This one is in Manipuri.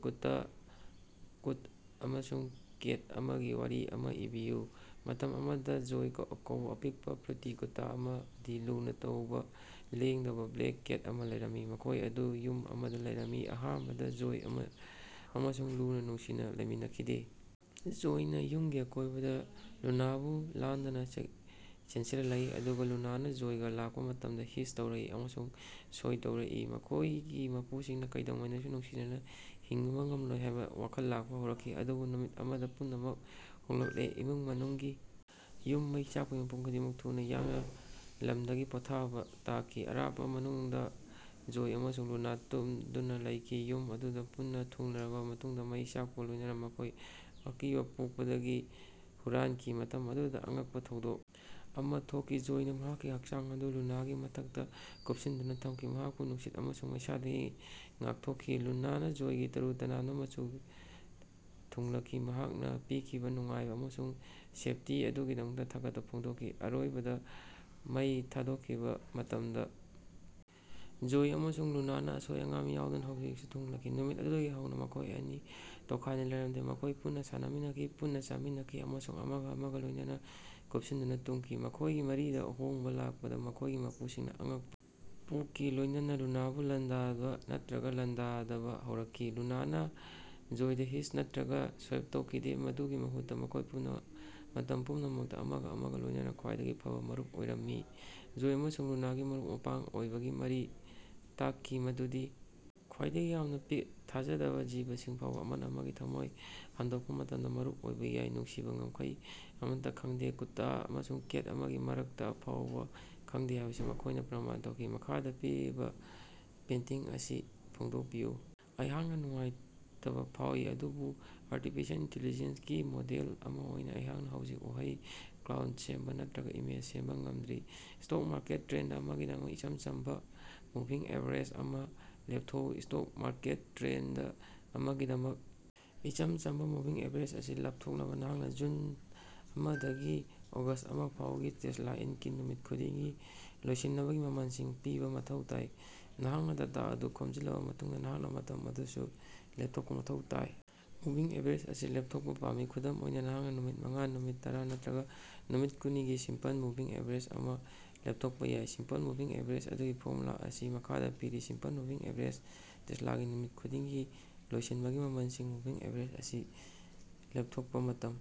ꯀꯨꯠꯇ ꯑꯃꯁꯨꯡ ꯀꯦꯠ ꯑꯃꯒꯤ ꯋꯥꯔꯤ ꯑꯃ ꯏꯕꯤꯌꯨ꯫ ꯃꯇꯝ ꯑꯃꯗ ꯖꯣꯏ ꯀꯧꯕ ꯑꯄꯤꯛꯄ, ꯐ꯭ꯂꯨꯐꯤ ꯀꯨꯠꯇꯥ ꯑꯃꯗꯤ ꯂꯨꯅ ꯀꯧꯕ ꯂꯦꯡꯗꯕ ꯕ꯭ꯂꯦꯛ ꯀꯦꯠ ꯑꯃ ꯂꯩꯔꯝꯃꯤ, ꯃꯈꯣꯏꯁꯤꯡ ꯑꯗꯨ ꯌꯨꯝ ꯑꯃꯗ ꯂꯩꯔꯝꯃꯤ꯫ ꯑꯍꯥꯟꯕꯗ ꯖꯣꯏ ꯑꯃꯁꯨꯡ ꯂꯨꯅ ꯅꯨꯡꯁꯤꯅꯅ ꯂꯩꯃꯤꯟꯅꯈꯤꯗꯦ꯫ ꯖꯣꯏꯅ ꯌꯨꯝꯒꯤ ꯑꯀꯣꯏꯕꯗ ꯂꯨꯅꯥꯕꯨ ꯂꯥꯟꯗꯥꯗꯨꯅ ꯆꯦꯟꯁꯤꯜꯂꯛꯏ ꯑꯗꯨꯒ ꯂꯨꯅꯥꯅ ꯖꯣꯏꯗ ꯂꯥꯛꯄ ꯃꯇꯝꯗ ꯍꯤꯁ ꯇꯧꯔꯛꯏ ꯑꯃꯁꯨꯡ ꯁꯣꯏ ꯇꯧꯔꯛꯏ꯫ ꯃꯈꯣꯏꯒꯤ ꯃꯄꯨꯁꯤꯡꯅ ꯀꯩꯗꯧꯉꯩꯗꯁꯨ ꯅꯨꯡꯁꯤꯅꯅ ꯍꯤꯡꯕ ꯉꯝꯂꯣꯏ ꯍꯥꯏꯅ ꯋꯥꯈꯜ ꯂꯥꯛꯄ ꯍꯧꯔꯛꯈꯤ꯫ ꯑꯗꯨꯕꯨ ꯅꯨꯃꯤꯠ ꯑꯃꯗ ꯄꯨꯝꯅꯃꯛ ꯍꯣꯡꯂꯛꯂꯦ꯫ ꯏꯃꯨꯡ ꯃꯅꯨꯡꯒꯤ ꯌꯨꯝ ꯃꯩ ꯆꯥꯛꯄꯗꯒꯤ ꯃꯤꯄꯨꯝ ꯈꯨꯗꯤꯡꯃꯛ ꯊꯨꯅ ꯌꯥꯡꯅ ꯂꯝꯗꯒꯤ ꯄꯣꯠꯊꯥꯕ ꯇꯥꯈꯤ꯫ ꯑꯔꯥꯞꯄ ꯃꯅꯨꯡꯗ ꯖꯣꯏ ꯑꯃꯁꯨꯡ ꯂꯨꯅꯥ ꯇꯨꯡꯗꯨꯅ ꯂꯩꯈꯤ꯫ ꯌꯨꯝ ꯑꯗꯨꯗ ꯄꯨꯟꯅ ꯊꯨꯡꯂꯔꯕ ꯃꯇꯨꯡꯗ ꯃꯩ ꯆꯥꯛꯄꯒ ꯂꯣꯏꯅꯅ ꯃꯈꯣꯏ ꯑꯀꯤꯕ ꯄꯣꯛꯄꯗꯒꯤ ꯍꯨꯔꯥꯟꯈꯤ꯫ ꯃꯇꯝ ꯑꯗꯨꯗ ꯑꯉꯛꯄ ꯊꯧꯗꯣꯛ ꯑꯃ ꯊꯣꯛꯈꯤ꯫ ꯖꯣꯏꯅ ꯃꯍꯥꯛꯀꯤ ꯍꯛꯆꯥꯡ ꯑꯗꯨ ꯂꯨꯅꯥꯒꯤ ꯃꯊꯛꯇ ꯀꯨꯞꯁꯤꯟꯗꯨꯅ ꯊꯝꯈꯤ, ꯃꯍꯥꯛꯄꯨ ꯅꯨꯡꯁꯤꯠ ꯑꯃꯁꯨꯡ ꯃꯩꯁꯥꯗꯒꯤ ꯉꯥꯡꯊꯣꯛꯈꯤ꯫ ꯂꯨꯅꯥ ꯖꯣꯏꯒꯤ ꯇꯔꯨ ꯇꯅꯥꯟꯕ ꯃꯆꯨꯗ ꯊꯨꯡꯂꯈꯤ, ꯃꯍꯥꯛꯅ ꯄꯤꯈꯤꯕ ꯅꯨꯡꯉꯥꯏꯕ ꯑꯃꯁꯨꯡ ꯁꯦꯐꯇꯤ ꯑꯗꯨꯒꯤꯗꯃꯛ ꯊꯥꯒꯠꯄ ꯐꯣꯡꯗꯣꯛꯈꯤ꯫ ꯑꯔꯣꯏꯕꯗ ꯃꯩ ꯊꯥꯗꯣꯛꯈꯤꯕ ꯃꯇꯝꯗ ꯖꯣꯏ ꯑꯃꯁꯨꯡ ꯂꯨꯅ, ꯑꯁꯣꯏ ꯑꯉꯥꯝ ꯌꯥꯎꯗꯅ, ꯍꯧꯖꯤꯛꯁꯨ ꯊꯨꯡꯂꯈꯤ꯫ ꯅꯨꯃꯤꯠ ꯑꯗꯨꯗꯒꯤ ꯍꯧꯅ ꯃꯈꯣꯏ ꯑꯅꯤ ꯇꯣꯈꯥꯏꯅ ꯂꯩꯔꯝꯗꯦ꯫ ꯃꯈꯣꯏ ꯄꯨꯟꯅ ꯁꯥꯟꯅꯃꯤꯟꯅꯈꯤ, ꯄꯨꯟꯅ ꯆꯥꯃꯤꯟꯅꯈꯤ ꯑꯃꯁꯨꯡ ꯑꯃꯒ ꯑꯃꯒ ꯂꯣꯏꯅꯅ ꯀꯨꯞꯁꯤꯟꯗꯨꯅ ꯇꯨꯝꯃꯤ꯫ ꯃꯈꯣꯏꯒꯤ ꯃꯔꯤꯗ ꯑꯍꯣꯡꯕ ꯂꯥꯛꯄꯗ ꯃꯈꯣꯏꯒꯤ ꯃꯄꯨꯁꯤꯡꯅ ꯑꯉꯛꯄ ꯄꯣꯛꯈꯤ꯫ ꯖꯣꯏꯅ ꯂꯨꯅꯥꯕꯨ ꯂꯥꯟꯗꯥꯕ ꯅꯠꯇ꯭ꯔꯒ ꯂꯥꯟꯗꯥꯕ ꯍꯧꯔꯛꯈꯤꯗꯦ, ꯂꯨꯅꯥ ꯖꯣꯏꯗ ꯍꯤꯁ ꯅꯠꯇ꯭ꯔꯒ ꯁꯣꯏꯞ ꯇꯧꯈꯤꯗꯦ꯫ ꯃꯗꯨꯒꯤ ꯃꯍꯨꯠꯇ ꯃꯈꯣꯏ ꯃꯇꯝ ꯄꯨꯝꯅꯃꯛꯇ ꯑꯃꯒ ꯑꯃꯒ ꯂꯣꯏꯅꯅ ꯈ꯭ꯋꯥꯏꯗꯒꯤ ꯐꯕ ꯃꯔꯨꯞ ꯑꯣꯏꯔꯝꯃꯤ꯫ ꯖꯣꯏ ꯑꯃꯁꯨꯡ ꯂꯨꯅꯥꯒꯤ ꯃꯔꯨꯞ-ꯃꯄꯥꯡ ꯑꯣꯏꯕꯒꯤ ꯃꯔꯤꯅ ꯇꯥꯛꯈꯤ ꯃꯗꯨꯗꯤ ꯈ꯭ꯋꯥꯏꯗꯒꯤ ꯌꯥꯝꯅ ꯊꯥꯖꯗꯕ ꯖꯤꯕꯁꯤꯡ ꯐꯥꯎꯕ ꯑꯃꯅ ꯑꯃꯒꯤ ꯊꯝꯃꯣꯏ ꯍꯥꯡꯗꯣꯛꯄ ꯃꯇꯝꯗ ꯃꯔꯨꯞ ꯑꯣꯏꯕ ꯌꯥꯏ꯫ ꯅꯨꯡꯁꯤꯕꯅ ꯉꯝꯈꯩ ꯑꯃꯠꯇ ꯈꯪꯗꯦ, ꯀꯨꯠꯇ ꯑꯃꯁꯨꯡ ꯀꯦꯠ ꯑꯃꯒꯤ ꯃꯔꯛꯇ ꯐꯥꯎꯕ ꯈꯪꯗꯦ ꯍꯥꯏꯕꯁꯤ ꯃꯈꯣꯏꯅ ꯄ꯭ꯔꯃꯥꯟ ꯇꯧꯈꯤ꯫ ꯃꯈꯥꯗ ꯄꯤꯔꯤꯕ ꯄꯦꯟꯇꯤꯡ ꯑꯁꯤ ꯐꯣꯡꯗꯣꯛꯄꯤꯌꯨ꯫ ꯑꯩꯍꯥꯛꯅ ꯅꯨꯡꯉꯥꯏꯇꯕ ꯐꯥꯎꯏ, ꯑꯗꯨꯕꯨ ꯑꯔꯇꯤꯐꯤꯁꯤꯑꯦꯜ ꯏꯟꯇꯦꯂꯤꯖꯦꯟꯁ ꯒꯤ ꯃꯣꯗꯦꯜ ꯑꯃ ꯑꯣꯏꯅ ꯑꯩꯍꯥꯛꯅ ꯍꯧꯖꯤꯛ ꯋꯥꯍꯩ ꯀ꯭ꯂꯥꯎꯗ ꯁꯦꯝꯕ ꯅꯠꯇ꯭ꯔꯒ ꯏꯃꯦꯖ ꯁꯦꯝꯕ ꯉꯝꯗ꯭ꯔꯤ꯫ ꯁ꯭ꯇꯣꯛ ꯃꯥꯔꯀꯦꯠ ꯇ꯭ꯔꯦꯟꯗ ꯑꯃꯒꯤꯗꯃꯛ ꯏꯆꯝ ꯆꯝꯕ ꯃꯨꯚꯤꯡ ꯑꯦꯚꯔꯦꯖ ꯑꯃ ꯂꯦꯞꯊꯣꯛꯎ꯫ ꯁ꯭ꯇꯣꯛ ꯃꯥꯔꯀꯦꯠ ꯇ꯭ꯔꯦꯟꯗ ꯑꯃꯒꯤꯗꯃꯛ ꯏꯆꯝ ꯆꯝꯕ ꯃꯨꯚꯤꯡ ꯑꯦꯚꯔꯦꯖ ꯑꯁꯤ ꯂꯦꯞꯊꯣꯛꯅꯕ, ꯅꯍꯥꯛꯅ ꯖꯨꯟ ꯑꯃ ꯗꯒꯤ ꯑꯣꯒꯁ꯭ꯠ ꯑꯃ ꯐꯥꯑꯣꯕꯒꯤ ꯇꯦꯁꯂꯥ ꯏꯟꯀꯤ ꯅꯨꯃꯤꯠ ꯈꯨꯗꯤꯡꯒꯤ ꯂꯣꯏꯁꯤꯅꯕꯒꯤ ꯃꯃꯜꯁꯤꯡ ꯄꯤꯕ ꯃꯊꯧ ꯇꯥꯏ, ꯅꯍꯥꯛꯅ ꯗꯦꯇꯥ ꯑꯗꯨ ꯈꯣꯝꯖꯤꯜꯂꯕ ꯃꯇꯨꯡꯗ, ꯅꯍꯥꯛꯅ ꯃꯇꯝ ꯑꯗꯨꯁꯨ ꯂꯦꯞꯊꯣꯛꯄ ꯃꯊꯧ ꯇꯥꯏ꯫ ꯃꯨꯚꯤꯡ ꯑꯦꯚꯔꯦꯖ ꯑꯁꯤ ꯂꯦꯞꯊꯣꯛꯄ ꯄꯥꯝꯃꯤ꯫ ꯈꯨꯗꯝ ꯑꯣꯏꯅ, ꯅꯍꯥꯛꯅ ꯅꯨꯃꯤꯠ ꯃꯉꯥ, ꯅꯨꯃꯤꯠ ꯇꯔꯥ ꯅꯠꯇ꯭ꯔꯒ ꯅꯨꯃꯤꯠ ꯀꯨꯟꯅꯤꯒꯤ ꯁꯤꯝꯄꯜ ꯃꯨꯚꯤꯡ ꯑꯦꯚꯔꯦꯖ ꯑꯃ ꯂꯦꯞꯊꯣꯛꯄ ꯌꯥꯏ꯫ ꯁꯤꯝꯄꯜ ꯃꯨꯚꯤꯡ ꯑꯦꯚꯔꯦꯖꯒꯤ ꯐꯣꯔꯃꯨꯂꯥ ꯑꯁꯤ ꯃꯈꯥꯗ ꯄꯤꯔꯤ꯫ ꯁꯤꯝꯄꯜ ꯃꯨꯚꯤꯡ ꯑꯦꯚꯔꯦꯖ, ꯇꯦꯁꯂꯥꯒꯤ ꯅꯨꯃꯤꯠ ꯈꯨꯗꯤꯡꯒꯤ ꯂꯣꯏꯁꯤꯟꯕꯒꯤ ꯃꯃꯜꯁꯤꯡ꯫ ꯃꯨꯚꯤꯡ ꯑꯦꯚꯔꯦꯖ ꯑꯁꯤ ꯂꯦꯄꯊꯣꯛꯄ ꯃꯇꯝ꯫